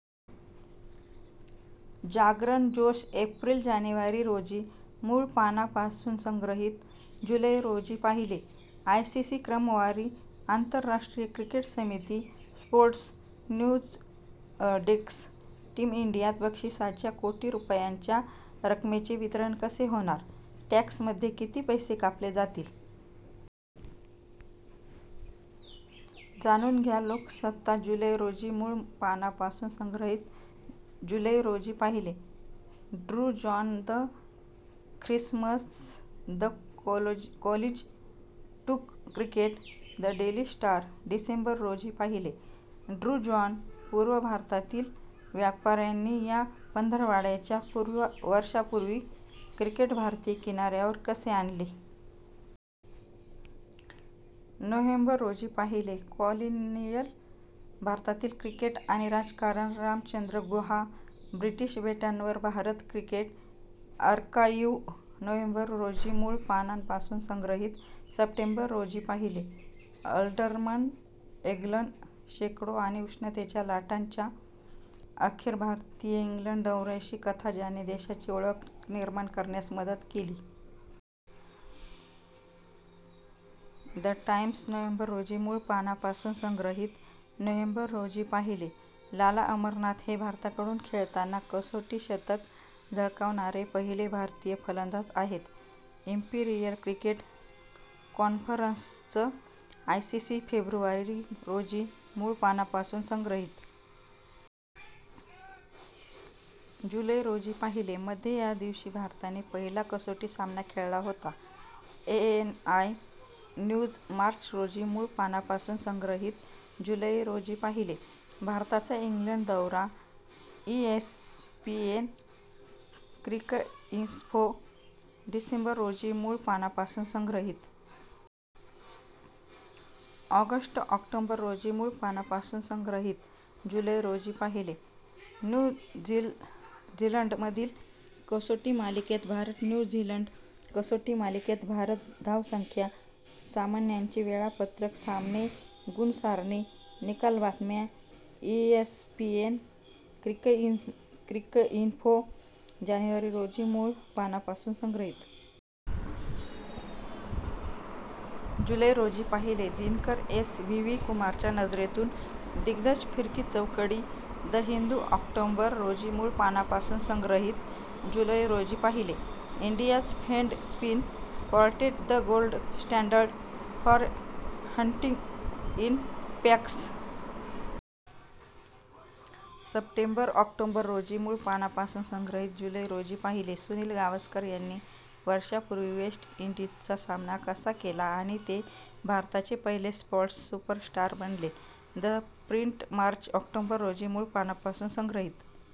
जागरण जोश. एप्रिल. जानेवारी रोजी मूळ पानापासून संग्रहित. जुलै रोजी पाहिले. ^ "आयसीसी क्रमवारी". आंतरराष्ट्रीय क्रिकेट समिती. ^ स्पोर्ट्स न्यूज डेस्क. "टीम इंडियात बक्षिसाच्या कोटी रुपयांच्या रकमेचे वितरण कसे होणार? टॅक्समध्ये किती पैसे कापले जातील? जाणून घ्या". लोकसत्ता. जुलै रोजी मूळ पानापासून संग्रहित. जुलै रोजी पाहिले. ^ Drew, John. "The Christmas the collies took cricket". The Daily Star. डिसेंबर रोजी पाहिले. ^ ड्रू, जॉन. "पूर्व भारतातील व्यापाऱ्यांनी या पंधरवड्याच्या वर्षांपूर्वी क्रिकेट भारतीय किनाऱ्यावर कसे आणले"... नोव्हेंबर रोजी पाहिले. ^ "कॉलोनीयल भारतातील क्रिकेट आणि राजकारण". रामचंद्र गुहा... ^ "ब्रिटिश बेटांवर भारत, ". Cricket archive. नोव्हेंबर रोजी मूळ पानापासून संग्रहित. सप्टेंबर रोजी पाहिले. ^ अल्डरमन, एल्गन. "शेकडो आणि उष्णतेच्या लाटा: च्या अखिल भारतीय इंग्लंड दौऱ्याची कथा ज्याने देशाची ओळख निर्माण करण्यास मदत केली". द टाइम्स.. नोव्हेंबर रोजी मूळ पानापासून संग्रहित. नोव्हेंबर रोजी पाहिले. ^ लाला अमरनाथ हे भारताकडून खेळताना कसोटी शतक झळकावणारे पहिले भारतीय फलंदाज आहेत. ^" इम्पीरियल क्रिकेट कॉन्फरन्सच". आयसीसी. फेब्रुवारी रोजी मूळ पानापासून संग्रहित. जुलै रोजी पाहिले. ^" मध्ये या दिवशी भारताने पहिला कसोटी सामना खेळला होता". ANI news. मार्च रोजी मूळ पानापासून संग्रहित. जुलै रोजी पाहिले. ^ "भारताचा इंग्लंड दौरा, ". ESPN Cricinfo. डिसेंबर रोजी मूळ पानापासून संग्रहित. ऑगस्ट. ऑक्टोबर रोजी मूळ पानापासून संग्रहित. जुलै रोजी पाहिले. ^ "न्यू झीलंडमधील कसोटी मालिकेत भारत, न्यू झीलंड कसोटी मालिकेत भारत / धावसंख्या, सामन्यांचे वेळापत्रक, सामने, गुण सारणी, निकाल, बातम्या". ESPN Cricinfo. जानेवारी रोजी मूळ पानापासून संग्रहित. जुलै रोजी पाहिले. ^ दिनकर, एस.. "व्ही. व्ही. कुमारच्या नजरेतून दिग्गज फिरकी चौकडी". द हिंदू. ऑक्टोबर रोजी मूळ पानापासून संग्रहित. जुलै रोजी पाहिले. ^ "India's famed spin quartet the gold standard for hunting in packs". सप्टेंबर. ऑक्टोबर रोजी मूळ पानापासून संग्रहित. जुलै रोजी पाहिले. ^ "सुनील गावस्कर यांनी वर्षांपूर्वी वेस्ट इंडीजचा सामना कसा केला आणि ते भारताचे पहिले स्पोर्ट्स सुपरस्टार बनले". The Print. मार्च. ऑक्टोबर रोजी मूळ पानापासून संग्रहित.